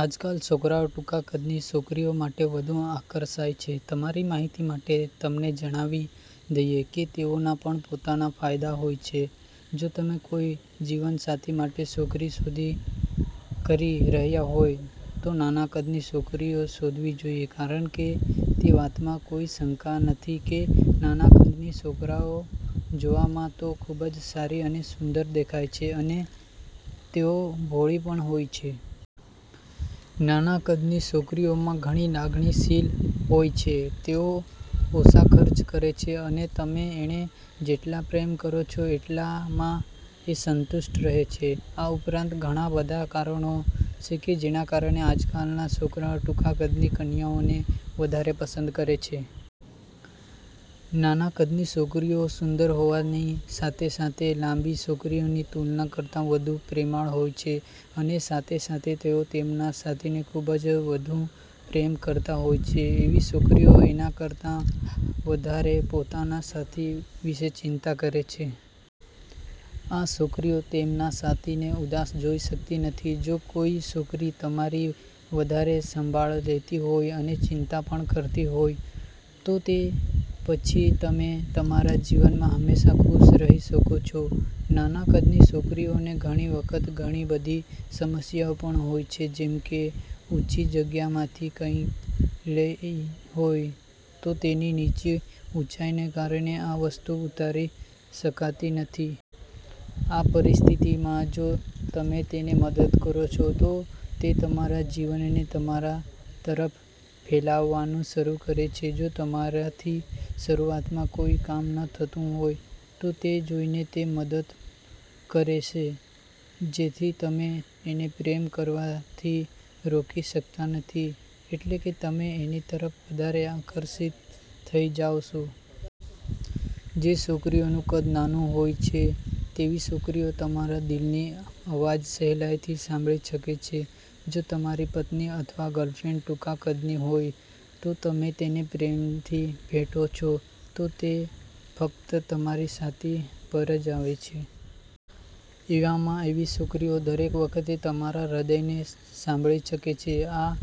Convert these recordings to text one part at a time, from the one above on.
આજકાલ, છોકરાઓ ટૂંકા કદની છોકરી માટે વધુ આકર્ષાય છે. તમારી માહિતી માટે, તમને જણાવી દઈએ કે તેઓના પણ પોતાના ફાયદા હોય છે. જો તમે કોઈ જીવનસાથી માટે છોકરી શોધ કરી રહ્યા હોય, તો નાના કદની છોકરી શોધવી જોઈએ કારણ કે તે વાતમાં કોઈ શંકા નથી કે નાના કદની છોકરીઓ જોવામાં તો ખૂબ સારી અને સુંદર દેખાય છે અને તેઓ ભોળી પણ હોય છે. નાના કદની છોકરીઓમાં ઘણી લાગણીશીલ હોય છે, તેઓ ઓછા ખર્ચ કરે છે અને તમે એણે જેટલો પ્રેમ કરો છો એટલામાં એ સંતુષ્ટ રહે છે. આ ઉપરાંત, ઘણા બધા કારણો છે જેના કારણે આજકાલ ના છોકરાઓ ટૂંકા કદની કન્યાઓને વધારે પસંદ કરે છે. નાના કદની છોકરીઓ સુંદર હોવાની સાથે સાથે લાંબી છોકરી ની તુલના કરતાં વધુ પ્રેમાળ હોય છે અને સાથે સાથે તેઓ તેમના સાથીને ખુબ જ વધુ પ્રેમ કરતા હોય છે. એવી છોકરીઓ એના કરતા વધારે પોતાના સાથી વિશે ચિંતા કરે છે. આ છોકરીઓ તેમના સાથીને ઉદાસ જોઈ શકતી નથી, જો કોઈ છોકરી તમારી વધારે સંભાળ લેતી હોય અને ચિંતા પણ કરતી હોય તો તો પછી તમે તમારા જીવનમાં હંમેશાં ખુશ રહી શકો છો. નાના કદની છોકરીઓને ઘણી વખત ઘણી બધી સમસ્યાઓ પણ હોય છે જેમ કે ઊંચી જગ્યામાંથી કંઈક લેવું હોય તો તેની નીચી ઊંચાઈના કારણે, આ વસ્તુ ઉતારી શકતી નથી. આ પરિસ્થિતિમાં, જો તમે તેને મદદ કરો છો, તો તે તમારા જીવનને તમારા તરફ ફેલાવવાનું શરૂ કરે છે. જો તમારાથી શરૂઆતમાં કોઇ કામ ન થતું હોય, તો તે જોઈને તે તમને મદદ કરશે, જેથી તમે એને પ્રેમ કરવાથી રોકી શકતા નથી એટલે કે તમે એની તરફ વધારે આકર્ષિત થઇ જાવ છો. જે છોકરીઓ નું કદ નાનું હોય છે, તેવી છોકરીઓ તમારા દિલની અવાજ સહેલાઈથી સાંભળી શકે છે, જો તમારી પત્ની અથવા ગર્લફ્રેન્ડ ટૂંકા કદની હોય તો તમે તેને પ્રેમથી ભેટો છો, તો તે ફક્ત તમારી છાતી પર જ આવે છે. એવામાં એવી છોકરીઓ દરેક વખતે તમારા હૃદયને સાંભળી શકે છે. આ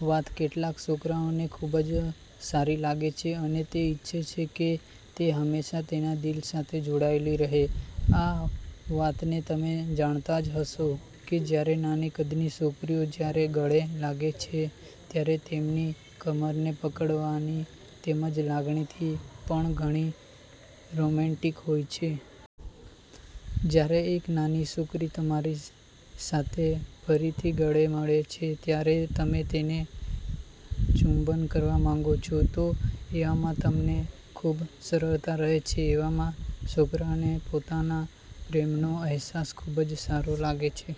વાત કેટલાક છોકરાઓને ખૂબ જ સારી લાગે છે અને તે ઈચ્છે છે કે તે હંમેશાં તેના દિલ સાથે જોડાયેલી રહે, આ વાત ને તમે જાણતા જ હશો કે જ્યારે નાની કદની છોકરીઓ જ્યારે ગળે લાગે છે, ત્યારે તેમની કમરને પકડવાની તેમની લાગણી પણ ઘણી રોમેન્ટિક હોય છે. જ્યારે એક નાની છોકરી તમારી સાથે ફરીથી ગળે મળે છે ત્યારે તમે તેને ચુંબન કરવા માંગો છો, તો એવામાં તમને ખૂબ સરળતા રહે છે. એવામાં છોકરા ને પોતાના પ્રેમનો અહેસાસ ખુબ જ સારો લાગે છે.